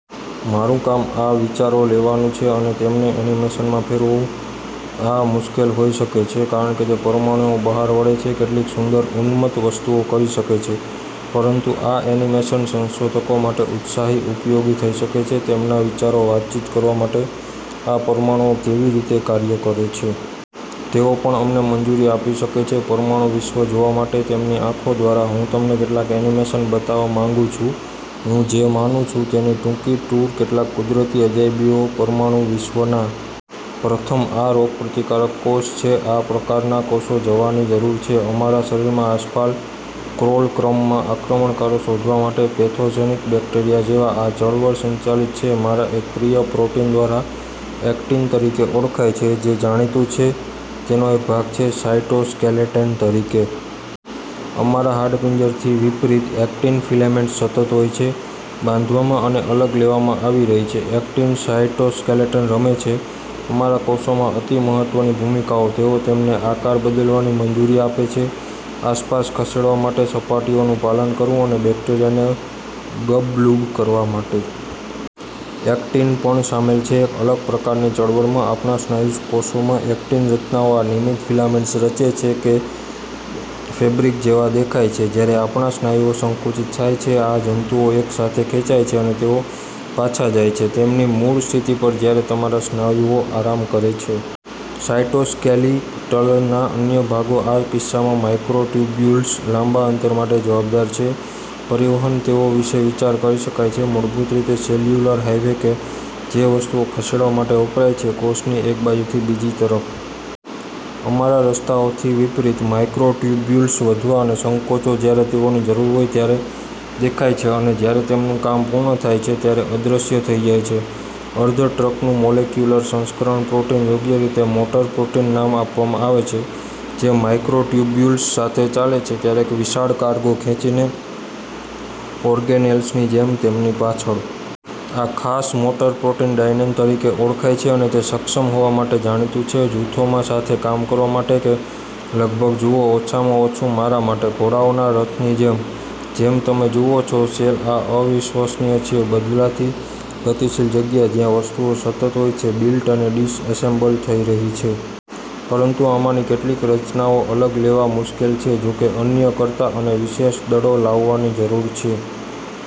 મારું કામ આ વિચારો લેવાનું છે અને તેમને એનિમેશનમાં ફેરવો. આ મુશ્કેલ હોઈ શકે છે, કારણ કે તે પરમાણુઓ બહાર વળે છે કેટલીક સુંદર ઉન્મત્ત વસ્તુઓ કરી શકે છે. પરંતુ આ એનિમેશન સંશોધકો માટે ઉત્સાહી ઉપયોગી થઈ શકે છે તેમના વિચારો વાતચીત કરવા માટે આ પરમાણુઓ કેવી રીતે કાર્ય કરે છે. તેઓ પણ અમને મંજૂરી આપી શકે છે પરમાણુ વિશ્વ જોવા માટે તેમની આંખો દ્વારા. હું તમને કેટલાક એનિમેશન બતાવવા માંગું છું, હું જે માનું છું તેની ટૂંકી ટૂર કેટલાક કુદરતી અજાયબીઓ પરમાણુ વિશ્વના. પ્રથમ, આ રોગપ્રતિકારક કોષ છે. આ પ્રકારના કોષો જવાની જરૂર છે અમારા શરીરમાં આસપાસ ક્રોલ ક્રમમાં આક્રમણકારો શોધવા માટે પેથોજેનિક બેક્ટેરિયા જેવા. આ ચળવળ સંચાલિત છે મારા એક પ્રિય પ્રોટીન દ્વારા એક્ટિન તરીકે ઓળખાય છે, જે જાણીતું છે તેનો એક ભાગ છે સાયટોસ્કેલેટન તરીકે. અમારા હાડપિંજરથી વિપરીત, એક્ટિન ફિલેમેન્ટ્સ સતત હોય છે બાંધવામાં અને અલગ લેવામાં આવી રહી છે. એક્ટિન સાયટોસ્કેલેટન રમે છે અમારા કોષોમાં અતિ મહત્વની ભૂમિકાઓ. તેઓ તેમને આકાર બદલવાની મંજૂરી આપે છે, આસપાસ ખસેડવા માટે, સપાટીઓનું પાલન કરવું અને બેક્ટેરિયાને ગબ્લૂબ કરવા માટે. એક્ટિન પણ સામેલ છે એક અલગ પ્રકારની ચળવળમાં. આપણા સ્નાયુ કોષોમાં, એક્ટિન રચનાઓ આ નિયમિત ફિલામેન્ટ્સ રચે છે કે ફેબ્રિક જેવા દેખાય છે. જ્યારે આપણા સ્નાયુઓ સંકુચિત થાય છે, આ જંતુઓ એક સાથે ખેંચાય છે અને તેઓ પાછા જાય છે તેમની મૂળ સ્થિતિ પર જ્યારે તમારા સ્નાયુઓ આરામ કરે છે. સાયટોસ્કેલિટલના અન્ય ભાગો, આ કિસ્સામાં માઇક્રોટ્યુબ્યુલ્સ, લાંબા અંતર માટે જવાબદાર છે પરિવહન તેઓ વિશે વિચાર કરી શકાય છે મૂળભૂત રીતે સેલ્યુલર હાઇવે કે જે વસ્તુઓ ખસેડવા માટે વપરાય છે કોષની એક બાજુથી બીજી તરફ. અમારા રસ્તાઓથી વિપરીત, માઇક્રોટ્યુબ્યુલ્સ વધવા અને સંકોચો, જ્યારે તેઓની જરૂર હોય ત્યારે દેખાય છે અને જ્યારે તેમનું કામ પૂર્ણ થાય છે ત્યારે અદૃશ્ય થઈ જાય છે. અર્ધ ટ્રકનું મોલેક્યુલર સંસ્કરણ પ્રોટીન યોગ્ય રીતે મોટર પ્રોટીન નામ આપવામાં આવે છે, જે માઇક્રોટ્યુબ્યુલ્સ સાથે ચાલે છે, ક્યારેક વિશાળ કાર્ગો ખેંચીને, ઓર્ગેનેલ્સની જેમ, તેમની પાછળ. આ ખાસ મોટર પ્રોટીન ડાયનેન તરીકે ઓળખાય છે, અને તે સક્ષમ હોવા માટે જાણીતું છે જૂથોમાં સાથે કામ કરવા માટે કે લગભગ જુઓ, ઓછામાં ઓછું મારા માટે, ઘોડાઓના રથની જેમ. જેમ તમે જુઓ છો, સેલ આ અવિશ્વસનીય છે બદલાતી, ગતિશીલ જગ્યા, જ્યાં વસ્તુઓ સતત હોય છે બિલ્ટ અને ડિસએસેમ્બલ થઈ રહી છે. પરંતુ આમાંની કેટલીક રચનાઓ અલગ લેવા મુશ્કેલ છે જોકે, અન્ય કરતા. અને વિશેષ દળો લાવવાની જરૂર છે